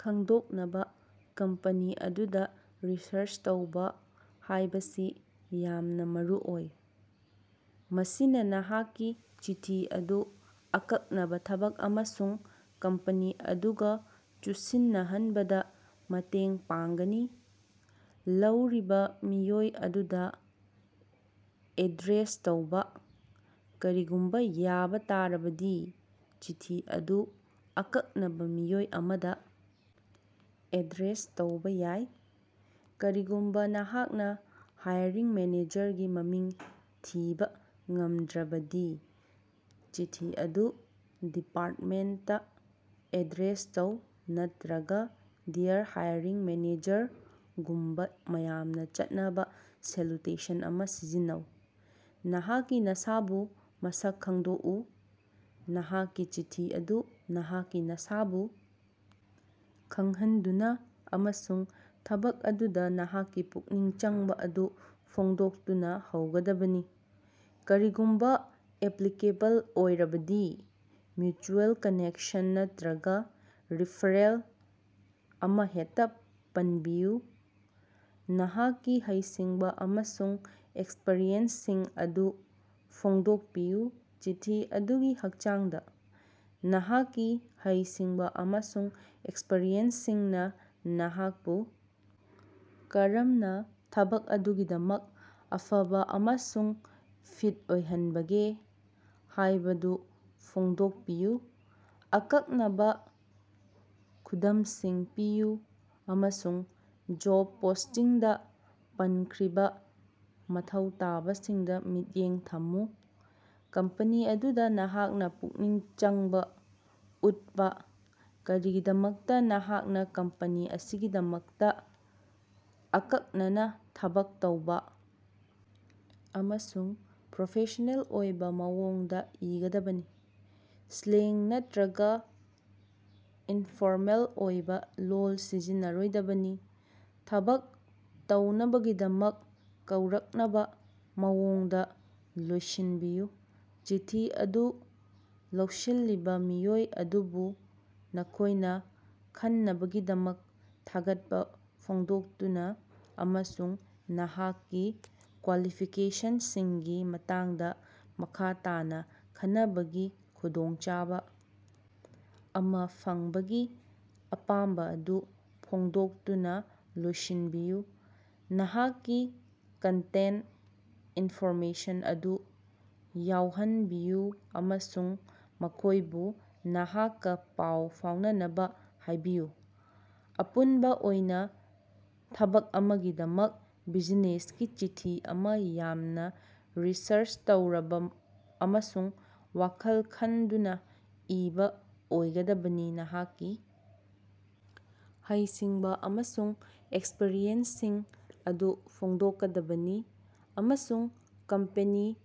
ꯈꯪꯗꯣꯛꯅꯕꯥ ꯀꯝꯄꯅꯤ ꯑꯗꯨꯗꯥ ꯔꯤꯁꯔꯆ ꯇꯧꯕꯥ ꯍꯥꯌꯕꯁꯤ ꯌꯥꯝꯅꯥ ꯃꯔꯨꯑꯣꯏ꯫ ꯃꯁꯤꯅꯥ ꯅꯍꯥꯛꯀꯤ ꯆꯤꯊꯤ ꯑꯗꯨ ꯑꯀꯛꯅꯕꯥ ꯊꯕꯛ ꯑꯃꯁꯨꯡ ꯀꯝꯄꯅꯤ ꯑꯗꯨꯒꯥ ꯆꯨꯁꯤꯟꯅꯍꯅꯕꯗꯥ ꯃꯇꯦꯡ ꯄꯥꯡꯒꯅꯤ꯫ ꯂꯧꯔꯤꯕꯥ ꯃꯤꯑꯣꯏ ꯑꯗꯨꯗꯥ ꯑꯦꯗ꯭ꯔꯦꯁ ꯇꯧꯕꯥ: ꯀꯔꯤꯒꯨꯝꯕꯥ ꯌꯥꯕꯥ ꯇꯥꯔꯕꯗꯤ, ꯆꯤꯊꯤ ꯑꯗꯨ ꯑꯀꯛꯅꯕꯥ ꯃꯤꯑꯣꯏ ꯑꯃꯗꯥ ꯑꯦꯗ꯭ꯔꯦꯁ ꯇꯧꯕꯥ ꯌꯥꯏ꯫ ꯀꯔꯤꯒꯨꯝꯕꯥ ꯅꯍꯥꯛꯅꯥ ꯍꯥꯏꯔꯤꯡ ꯃꯦꯅꯦꯖꯔꯒꯤ ꯃꯃꯤꯡ ꯊꯤꯕꯥ ꯉꯃꯗ꯭ꯔꯕꯗꯤ, ꯆꯤꯊꯤ ꯑꯗꯨ ꯗꯤꯄꯥꯔꯇꯃꯦꯟꯇꯇꯥ ꯑꯦꯗ꯭ꯔꯦꯁ ꯇꯧ ꯅꯠꯠꯔꯒꯥ "ꯗꯤꯌꯔ ꯍꯥꯏꯔꯤꯡ ꯃꯦꯅꯦꯖꯔ"ꯒꯨꯝꯕꯥ ꯃꯌꯥꯝꯅ ꯆꯠꯅꯕ ꯁꯦꯂꯨꯇꯦꯁꯟ ꯑꯃꯥ ꯁꯤꯖꯤꯟꯅꯧ꯫ ꯅꯍꯥꯛꯀꯤ ꯅꯁꯥꯕꯨ ꯃꯁꯛ ꯈꯪꯗꯣꯀꯎ: ꯅꯍꯥꯛꯀꯤ ꯆꯤꯊꯤ ꯑꯗꯨ ꯅꯍꯥꯛꯀꯤ ꯅꯁꯥꯕꯨ ꯈꯪꯍꯟꯗꯨꯅꯥ ꯑꯃꯁꯨꯡ ꯊꯕꯛ ꯑꯗꯨꯗꯥ ꯅꯍꯥꯛꯀꯤ ꯄꯨꯛꯅꯤꯡ ꯆꯪꯕꯥ ꯑꯗꯨ ꯐꯣꯡꯗꯣꯛꯇꯨꯅꯥ ꯍꯧꯒꯗꯕꯅꯤ꯫ ꯀꯔꯤꯒꯨꯝꯕꯥ ꯑꯦꯞꯂꯤꯀꯦꯕꯜ ꯑꯣꯏꯔꯕꯗꯤ, ꯃ꯭ꯌꯨꯆꯨꯑꯦꯜ ꯀꯅꯦꯛꯁꯟ ꯅꯠꯠꯔꯒꯥ ꯔꯤꯐꯔꯦꯜ ꯑꯃꯍꯦꯇ ꯄꯅꯕꯤꯌꯨ꯫ ꯅꯍꯥꯛꯀꯤ ꯍꯩꯁꯤꯡꯕꯥ ꯑꯃꯁꯨꯡ ꯑꯦꯛꯁꯄꯔꯤꯌꯦꯟꯁꯁꯤꯡ ꯑꯗꯨ ꯐꯣꯡꯗꯣꯀꯄꯤꯌꯨ: ꯆꯤꯊꯤ ꯑꯗꯨꯒꯤ ꯍꯀꯆꯥꯡꯗꯥ, ꯅꯍꯥꯛꯀꯤ ꯍꯩꯁꯤꯡꯕꯥ ꯑꯃꯁꯨꯡ ꯑꯦꯛꯁꯄꯔꯤꯌꯦꯟꯁꯁꯤꯡꯅꯥ ꯅꯍꯥꯀꯄꯨ ꯀꯔꯝꯅꯥ ꯊꯕꯛ ꯑꯗꯨꯒꯤꯗꯃꯛ ꯑꯐꯕꯥ ꯑꯃꯁꯨꯡ ꯐꯤꯠ ꯑꯣꯏꯍꯅꯕꯒꯦ ꯍꯥꯌꯕꯗꯨ ꯐꯣꯡꯗꯣꯀꯄꯤꯌꯨ꯫ ꯑꯀꯛꯅꯕꯥ ꯈꯨꯗꯃꯁꯤꯡ ꯄꯤꯌꯨ ꯑꯃꯁꯨꯡ ꯖꯣꯕ ꯄꯣꯁ꯭ꯇꯤꯡꯗꯥ ꯄꯅꯈ꯭ꯔꯤꯕꯥ ꯃꯊꯧ ꯇꯥꯕꯁꯤꯡꯗꯥ ꯃꯤꯠꯌꯦꯡ ꯊꯝꯃꯨ꯫ ꯀꯝꯄꯅꯤ ꯑꯗꯨꯗꯥ ꯅꯍꯥꯛꯀꯤ ꯄꯨꯛꯅꯤꯡ ꯆꯪꯕꯥ ꯎꯠꯄꯥ: ꯀꯔꯤꯒꯤꯗꯃꯛꯇꯥ ꯅꯍꯥꯛꯅꯥ ꯀꯝꯄꯅꯤ ꯑꯁꯤꯒꯤꯗꯃꯛꯇꯥ ꯑꯀꯛꯅꯅꯥ ꯊꯕꯛ ꯇꯧꯕꯥ ꯑꯃꯁꯨꯡ ꯄ꯭ꯔꯣꯐꯦꯁ꯭ꯅꯦꯜ ꯑꯣꯏꯕꯥ ꯃꯑꯣꯡꯗꯥ ꯏꯒꯗꯕꯅꯤ꯫ ꯁ꯭ꯂꯦꯡ ꯅꯠꯇ꯭ꯔꯒꯥ ꯏꯅꯐꯣꯔꯃꯦꯜ ꯑꯣꯏꯕꯥ ꯂꯣꯜ ꯁꯤꯖꯤꯟꯅꯔꯣꯏꯗꯕꯅꯤ꯫ ꯊꯕꯛ ꯇꯧꯅꯕꯒꯤꯗꯃꯛ ꯀꯧꯔꯛꯅꯕ ꯃꯑꯣꯡꯗ ꯂꯣꯏꯁꯤꯅꯕꯤꯌꯨ: ꯆꯤꯊꯤ ꯑꯗꯨ ꯂꯧꯁꯤꯜꯂꯤꯕꯥ ꯃꯤꯑꯣꯏ ꯑꯗꯨꯕꯨ ꯃꯈꯣꯌꯅꯥ ꯈꯟꯅꯕꯒꯤꯗꯃꯛ ꯊꯥꯒꯠꯄꯥ ꯐꯣꯡꯗꯣꯛꯇꯨꯅꯥ ꯑꯃꯁꯨꯡ ꯅꯍꯥꯛꯀꯤ ꯀ꯭ꯋꯥꯂꯤꯐꯤꯀꯦꯁꯅꯁꯤꯡꯒꯤ ꯃꯇꯥꯡꯗꯥ ꯃꯈꯥ ꯇꯥꯅꯥ ꯈꯟꯅꯕꯒꯤ ꯈꯨꯗꯣꯡꯆꯥꯕꯥ ꯑꯃꯥ ꯐꯪꯕꯒꯤ ꯑꯄꯥꯝꯕꯥ ꯑꯗꯨ ꯐꯣꯡꯗꯣꯛꯇꯨꯅꯥ ꯂꯣꯏꯁꯤꯅꯕꯤꯌꯨ꯫ ꯅꯍꯥꯛꯀꯤ ꯀꯟꯇꯦꯛꯇ ꯏꯟꯐꯣꯔꯃꯦꯁꯟ ꯑꯗꯨ ꯌꯥꯎꯍꯅꯕꯤꯌꯨ ꯑꯃꯁꯨꯡ ꯃꯈꯣꯌꯕꯨ ꯅꯍꯥꯛꯀꯥ ꯄꯥꯎ ꯐꯥꯎꯅꯅꯕꯥ ꯍꯥꯏꯕꯤꯌꯨ꯫ ꯑꯄꯨꯟꯕꯥ ꯑꯣꯏꯅꯥ, ꯊꯕꯛ ꯑꯃꯒꯤꯗꯃꯛ ꯕꯤꯖꯤꯅꯦꯁꯀꯤ ꯆꯤꯊꯤ ꯑꯃꯥ ꯌꯥꯝꯅꯥ ꯔꯤꯁꯔꯆ ꯇꯧꯔꯕꯥ ꯑꯃꯁꯨꯡ ꯋꯥꯈꯜ ꯈꯟꯗꯨꯅꯥ ꯏꯕꯥ ꯑꯣꯏꯒꯗꯕꯅꯤ, ꯅꯍꯥꯛꯀꯤ ꯍꯩꯁꯤꯡꯕꯥ ꯑꯃꯁꯨꯡ ꯑꯦꯛꯁꯄ꯭ꯔꯤꯌꯦꯟꯁꯁꯤꯡ ꯑꯗꯨ ꯐꯣꯡꯗꯣꯛꯀꯗꯕꯅꯤ ꯑꯃꯁꯨꯡ ꯀꯝꯄꯦꯅꯤ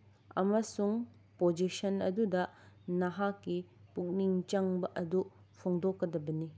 ꯑꯃꯁꯨꯡ ꯄꯣꯖꯤꯁꯟ ꯑꯗꯨꯗꯥ ꯅꯍꯥꯛꯀꯤ ꯄꯨꯛꯅꯤꯡ ꯆꯪꯕꯥ ꯑꯗꯨ ꯐꯣꯡꯗꯣꯛꯀꯗꯕꯅꯤ꯫